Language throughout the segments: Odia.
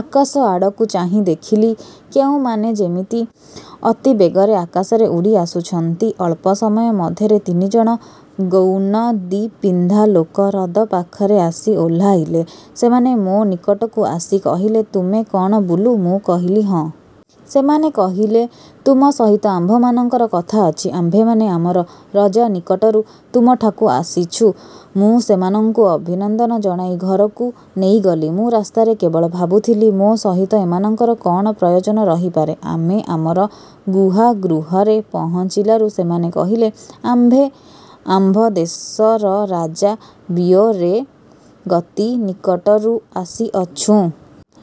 ଆକାଶ ଆଡ଼କୁ ଚାହିଁ ଦେଖିଲି, କେଉଁମାନେ ଯେମିତି ଅତି ବେଗରେ ଆକାଶରେ ଉଡ଼ି ଆସୁଛନ୍ତି। ଅଳ୍ପ ସମୟ ମଧ୍ୟରେ ତିନି ଜଣ ଗ୍ରୌନଦିପିନ୍ଧା ଲୋକ ହ୍ରଦ ପାଖରେ ଆସି ଓହ୍ଲାଇଲେ। ସେମାନେ ମୋ ନିକଟକୁ ଆସି କହିଲେ, ''ତୁମେ କ'ଣ ବୁଲୁ? '' ମୁଁ କହିଲି ''ହଁ''। ସେମାନେ କହିଲେ, ''ତୁମ ସହିତ ଆମ୍ଭମାନଙ୍କର କଥା ଅଛି। ଆମ୍ଭେମାନେ ଆମର ରଜା ନିକଟରୁ ତୁମଠାକୁ ଆସିଛୁ। ମୁଁ ସେମାନଙ୍କୁ ଅଭିନନ୍ଦନ ଜଣାଇ ଘରକୁ ନେଇଗଲି। ମୁଁ ରାସ୍ତାରେ କେବଳ ଭାବୁଥିଲି, ମୋ ସହିତ ଏମାନଙ୍କର କ'ଣ ପ୍ରୟୋଜନ ରହିପାରେ-? ଆମେ ଆମର ଗୁହା-ଗୃହରେ ପହଞ୍ଚିଲାରୁ ସେମାନେ କହିଲେ, ''ଆମ୍ଭେ ଆମ୍ଭ ଦେଶର ରାଜା ବିୟୋରେଗତି ନିକଟରୁ ଆସିଅଛୁଁ।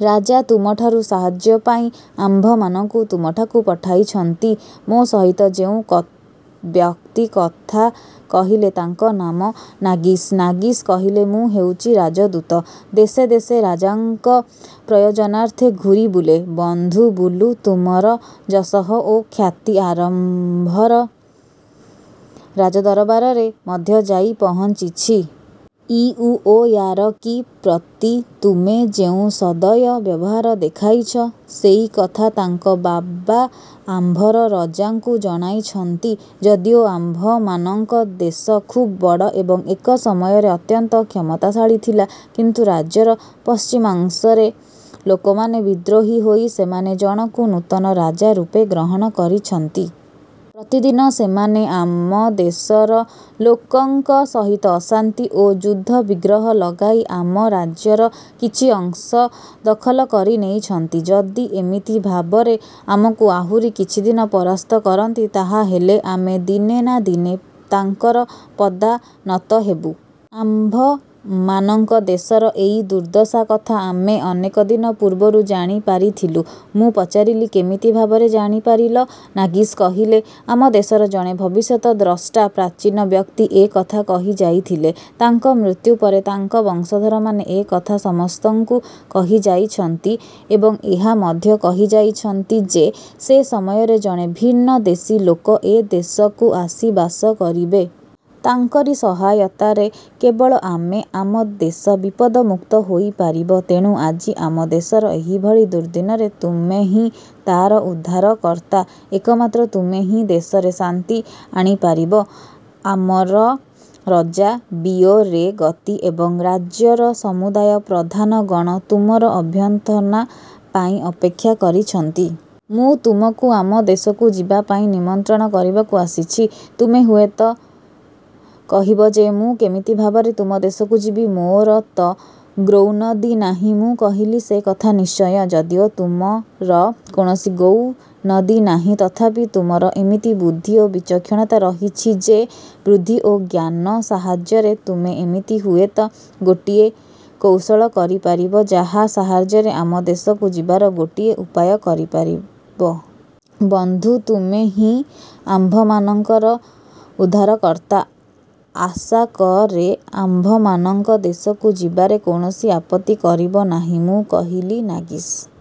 ରାଜା ତୁମଠାରୁ ସାହାଯ୍ୟପାଇଁ ଆମ୍ଭମାନଙ୍କୁ ତୁମଠାକୁ ପଠାଇଛନ୍ତି। '' ମୋ ସହିତ ଯେଉଁ ବ୍ୟକ୍ତି କଥା କହିଲେ, ତାଙ୍କ ନାମ ନାସିଗ୍। ନାସିଗ୍ କହିଲେ, ''ମୁଁ ହେଉଛି ରାଜଦୂତ। ଦେଶେ ଦେଶେ ରାଜାଙ୍କ ପ୍ରୟୋଜନାର୍ଥେ ଘୂରି ବୁଲେ। ବନ୍ଧୁ ବୁଲୁ ତୁମର ଯଶଃ ଓ ଖ୍ୟାତି ଆମ୍ଭର ରାଜଦରବାରରେ ମଧ୍ୟ ଯାଇ ପହଞ୍ଚିଛି। ଇଉଓୟାରକି ପ୍ରତି ତୁମେ ଯେଉଁ ସଦୟ ବ୍ୟବହାର ଦେଖାଇଛ, ସେଇ କଥା ତାଙ୍କ ବାବା ଆମ୍ଭର ରଜାଙ୍କୁ ଜଣାଇଛନ୍ତି। ଯଦିଓ ଆମ୍ଭମାନଙ୍କ ଦେଶ ଖୁବ୍ ବଡ଼ ଏବଂ ଏକ ସମୟରେ ଅତ୍ୟନ୍ତ କ୍ଷମତାଶାଳୀ ଥିଲା, କିନ୍ତୁ ରାଜ୍ୟର ପଶ୍ଚିମାଂଶରେ ଲୋକମାନେ ବିଦ୍ରୋହୀ ହୋଇ ସେମାନେ ଜଣକୁ ନୂତନ ରାଜାରୂପେ ଗ୍ରହଣ କରିଛନ୍ତି। ପ୍ରତିଦିନ ସେମାନେ ଆମ ଦେଶର ଲୋକଙ୍କ ସହିତ ଅଶାନ୍ତି ଓ ଯୁଦ୍ଧ ବିଗ୍ରହ ଲଗାଇ ଆମ ରାଜ୍ୟର କିଛି ଅଂଶ ଦଖଲ କରିନେଇଛନ୍ତି। ଯଦି ଏମିତି ଭାବରେ ଆମକୁ ଆହୁରି କିଛିଦିନ ପରାସ୍ତ କରନ୍ତି, ତାହାହେଲେ ଆମେ ଦିନେ ନା ଦିନେ ତାଙ୍କର ପଦାନତ ହେବୁ। ଆମ୍ଭମାନଙ୍କ ଦେଶର ଏଇ ଦୁର୍ଦ୍ଦଶା କଥା ଆମେ ଅନେକ ଦିନ ପୂର୍ବରୁ ଜାଣି ପାରିଥିଲୁ। '' ମୁଁ ପଚାରିଲି, ''କେମିତି ଭାବରେ ଜାଣିପାରିଲ? '' ନାସିଗ୍ କହିଲେ, ''ଆମ ଦେଶର ଜଣେ ଭବିଷ୍ୟତ ଦ୍ରଷ୍ଟା ପ୍ରାଚୀନ ବ୍ୟକ୍ତି ଏ କଥା କହିଯାଇଥିଲେ। ତାଙ୍କ ମୃତ୍ୟୁ ପରେ ତାଙ୍କ ବଂଶଧରମାନେ ଏ କଥା ସମସ୍ତଙ୍କୁ କହିଯାଇଛନ୍ତି ଏବଂ ଏହା ମଧ୍ୟ କହିଯାଇଛନ୍ତି ଯେ ସେ ସମୟରେ ଜଣେ ଭିନ୍ନ ଦେଶୀ ଲୋକ ଏ ଦେଶକୁ ଆସି ବାସ କରିବେ। ତାଙ୍କରି ସହାୟତାରେ କେବଳ ଆମେ, ଆମ ଦେଶ ବିପଦମୁକ୍ତ ହୋଇ ପାରିବ। ତେଣୁ ଆଜି ଆମ ଦେଶର ଏହିଭଳି ଦୁର୍ଦ୍ଦିନରେ ତୁମେ ହିଁ ତା'ର ଉଦ୍ଧାରକର୍ତ୍ତା। ଏକମାତ୍ର ତୁମେ ହିଁ ଦେଶରେ ଶାନ୍ତି ଆଣିପାରିବ। ଆମର ରଜା ବିୟୋରେଗତି ଏବଂ ରାଜ୍ୟର ସମୁଦାୟ ପ୍ରଧାନଗଣ ତୁମର ଅଭ୍ୟର୍ଥନାପାଇଁ ଅପେକ୍ଷା କରିଛନ୍ତି। ମୁଁ ତୁମକୁ ଆମ ଦେଶକୁ ଯିବାପାଇଁ ନିମନ୍ତ୍ରଣ କରିବାକୁ ଆସିଛି। ତୁମେ ହୁଏତ କହିବ ଯେ, ମୁଁ କେମିତି ଭାବରେ ତୁମ ଦେଶକୁ ଯିବି, ମୋର ତ ଗ୍ରୌନଦି ନାହିଁ। ମୁଁ କହିଲି, ସେ କଥା ନିଶ୍ଚୟ। ଯଦିଓ ତୁମର କୌଣସି ଗ୍ରୌନଦି ନାହିଁ, ତଥାପି ତୁମର ଏମିତି ବୁଦ୍ଧି ଓ ବିଚକ୍ଷଣତା ରହିଛି ଯେ, ବୁଦ୍ଧି ଓ ଜ୍ଞାନ ସାହାଯ୍ୟରେ ତୁମେ ଏମିତି ହୁଏତ ଗୋଟିଏ କୌଶଳ କରିପାରିବ, ଯାହା ସାହାଯ୍ୟରେ ଆମ ଦେଶକୁ ଯିବାର ଗୋଟିଏ ଉପାୟ କରିପାରିବ। ବନ୍ଧୁ, ତୁମେ ହିଁ ଆମ୍ଭମାନଙ୍କର ଉଦ୍ଧାର କର୍ତ୍ତା। ଆଶାକରେ ଆମ୍ଭମାନଙ୍କ ଦେଶକୁ ଯିବାରେ କୌଣସି ଆପତ୍ତି କରିବ ନାହିଁ। ମୁଁ କହିଲି, ନାସିଗ୍,